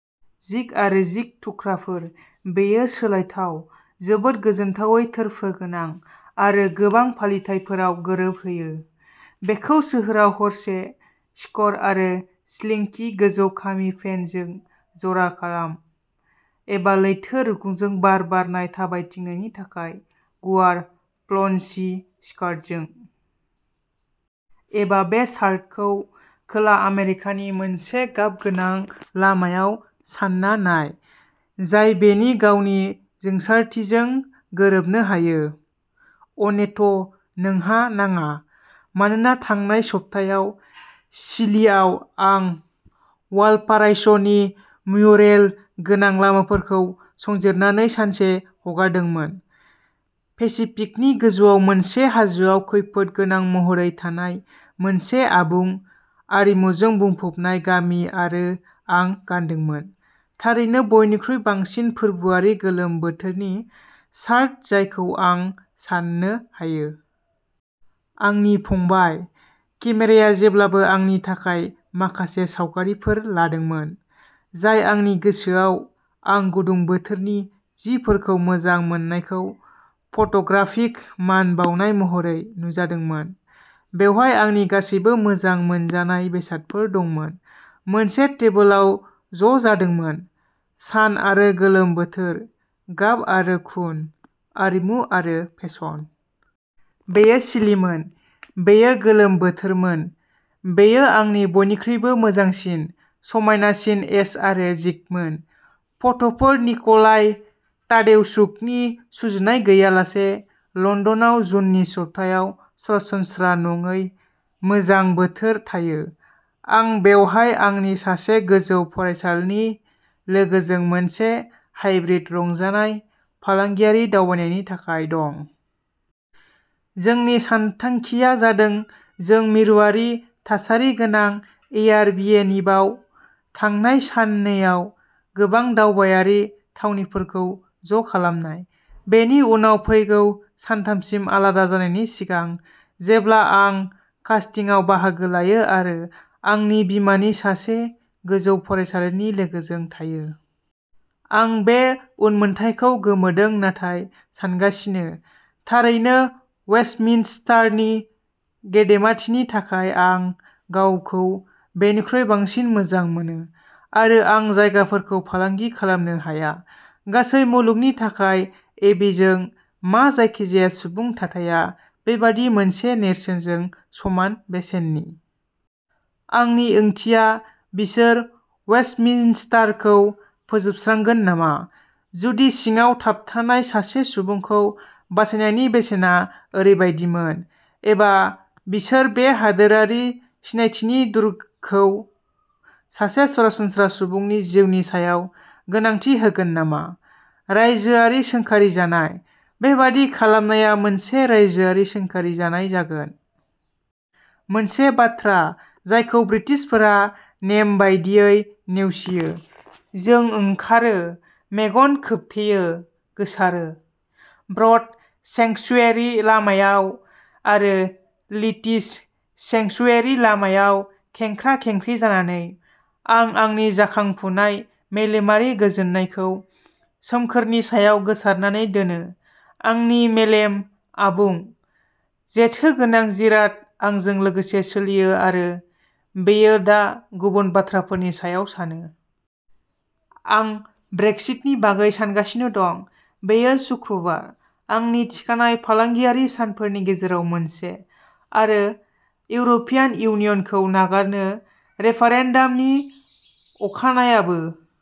जिग आरो जिग थुख्राफोर, बेयो सोलायथाव, जोबोद गोजोनथावै थोरफो गोनां, आरो गोबां फालिथायफोराव गोरोबहोयो। बेखौ सोहोराव हरसे सक'र आरो स्लिंकि गोजौ-खामि पेन्टजों जरा खालाम, एबा लैथो रुगुंजों बार बारनाय थाबायथिंनायनि थाखाय गुवार फ्ल'न्सि स्कार्टजों। एबा बे शार्टखौ खोला आमेरिकानि मोनसे गाबगोनां लामायाव सानना नाय, जाय बेनि गावनि जोंसारथिजों गोरोबनो हायो-अ'नेथ', नोंहा नाङा। मानोना थांनाय सप्तायाव चिलीआव, आं वालपाराइस'नि म्युरेल गोनां लामाफोरखौ संजिरनानै सानसे हगारदोंमोन, पेसिफिकनि गोजौआव मोनसे हाजोआव खैफोद गोनां महरै थानाय मोनसे आबुं, आरिमुजों बुंफबनाय गामि-आरो आं गानदोंमोन, थारैनो, बयनिख्रुइ बांसिन फोरबोआरि गोलोम बोथोरनि शार्ट जायखौ आं सान्नो हायो! आंनि फंबाय, केमेराया जेब्लाबो आंनि थाखाय माखासे सावगारिफोर लादोंमोन, जाय आंनि गोसोआव, आं गुदुं बोथोरनि जिफोरखौ मोजां मोननायखौ फट'ग्राफिक मान बाउनाय महरै नुजादोंमोन। बेवहाय आंनि गासैबो मोजां मोनजानाय बेसादफोर दंमोन। मोनसे टेबोलाव ज'जादोंमोनः सान आरो गोलोम बोथोर, गाब आरो खुन, आरिमु आरो फेसन। बेयो चिलिमोन, बेयो गोलोम बोथोरमोन, बेयो आंनि बयनिख्रुइबो मोजांसिन, समायनासिन एस आरो जिगमोन। फट'फोर निक'लाइ तादेउशुकनि, सुजुनाय गैयालासे। लण्डनाव जुननि सप्तायाव सरासनस्रा नङै मोजां बोथोर थायो। आं बेवहाय आंनि सासे गोजौ फरायसालिनि लोगोजों मोनसे हाइब्रिद रंजानाय/फालांगियारि दावबायनायनि थाखाय दं। जोंनि सानथांखिआ जादों जों मिरुआरि-थासारि गोनां एयार बिएनबियाव थांनाय साननैआव गोबां दावबायारि थावनिफोरखौ ज'खालामनाय, बेनि उनाव फैगौ सानथामसिम आलादा जानायनि सिगां, जेब्ला आं कास्टिंआव बाहागो लायो आरो आंनि बिमानि सासे गोजौ फरायसालिनि लोगोजों थायो! आं बे उनमोनथाइखौ गोमोदों नाथाय सानगासिनो; थारैनो, वेस्टमिन्स्टारनि गेदेमाथिनि थाखाय, आं गावखौ बेनिख्रुइ बांसिन मोजां मोनो, आरो आं जायगाफोरखौ फालांगि खालामनो हाया। गासै मुलुगनि थाखाय एबीजों। मा जायखिजाया सुबुं थाथाया बेबादि मोनसे नेरसोनजों समान बेसेननि? आंनि ओंथिया, बिसोर वेस्टमिन्स्टारखौ फोजोबस्रांगोन नामा, जुदि सिङाव थाबथानाय सासे सुबुंखौ बासायनायनि बेसेना ओरैबायदिमोन? एबा बिसोर बे हादोरारि सिनायथिनि दुर्गखौ सासे सरासनस्रा सुबुंनि जिउनि सायाव गोनांथि होगोन नामा? रायजोआरि सोंखारिजानाय! बेबादि खालामनाया मोनसे रायजोआरि सोंखारिजानाय जागोन। मोनसे बाथ्रा जायखौ ब्रिटिशफोरा, नेम बायदियै, नेवसियो। जों ओंखारो, मेगन खोबथेयो, गोसारो। "ब्रड सेंक्सुयेरि" लामायाव आरो "लिटिल सेंक्सुयेरि" लामायाव खेंख्रा-खेंख्रि जानानै, आं आंनि जाखांफुनाय मेलेमारि गोजोननायखौ, सोमखोरनि सायाव गोसारनानै दोनो। आंनि मेलेम-आबुं, जेथोगोनां जिराद-आंजों लोगोसे सोलियो आरो बेयो दा गुबुन बाथ्राफोरनि सायाव सानो। आं ब्रेक्सिटनि बागै सानगासिनो दं। बेयो शुक्रबार, आंनि थिखानाय फालांगियारि सानफोरनि गेजेराव मोनसे, आरो इउर'पियान इउनियनखौ नागारनो रेफारेन्डामनि अखानायाबो।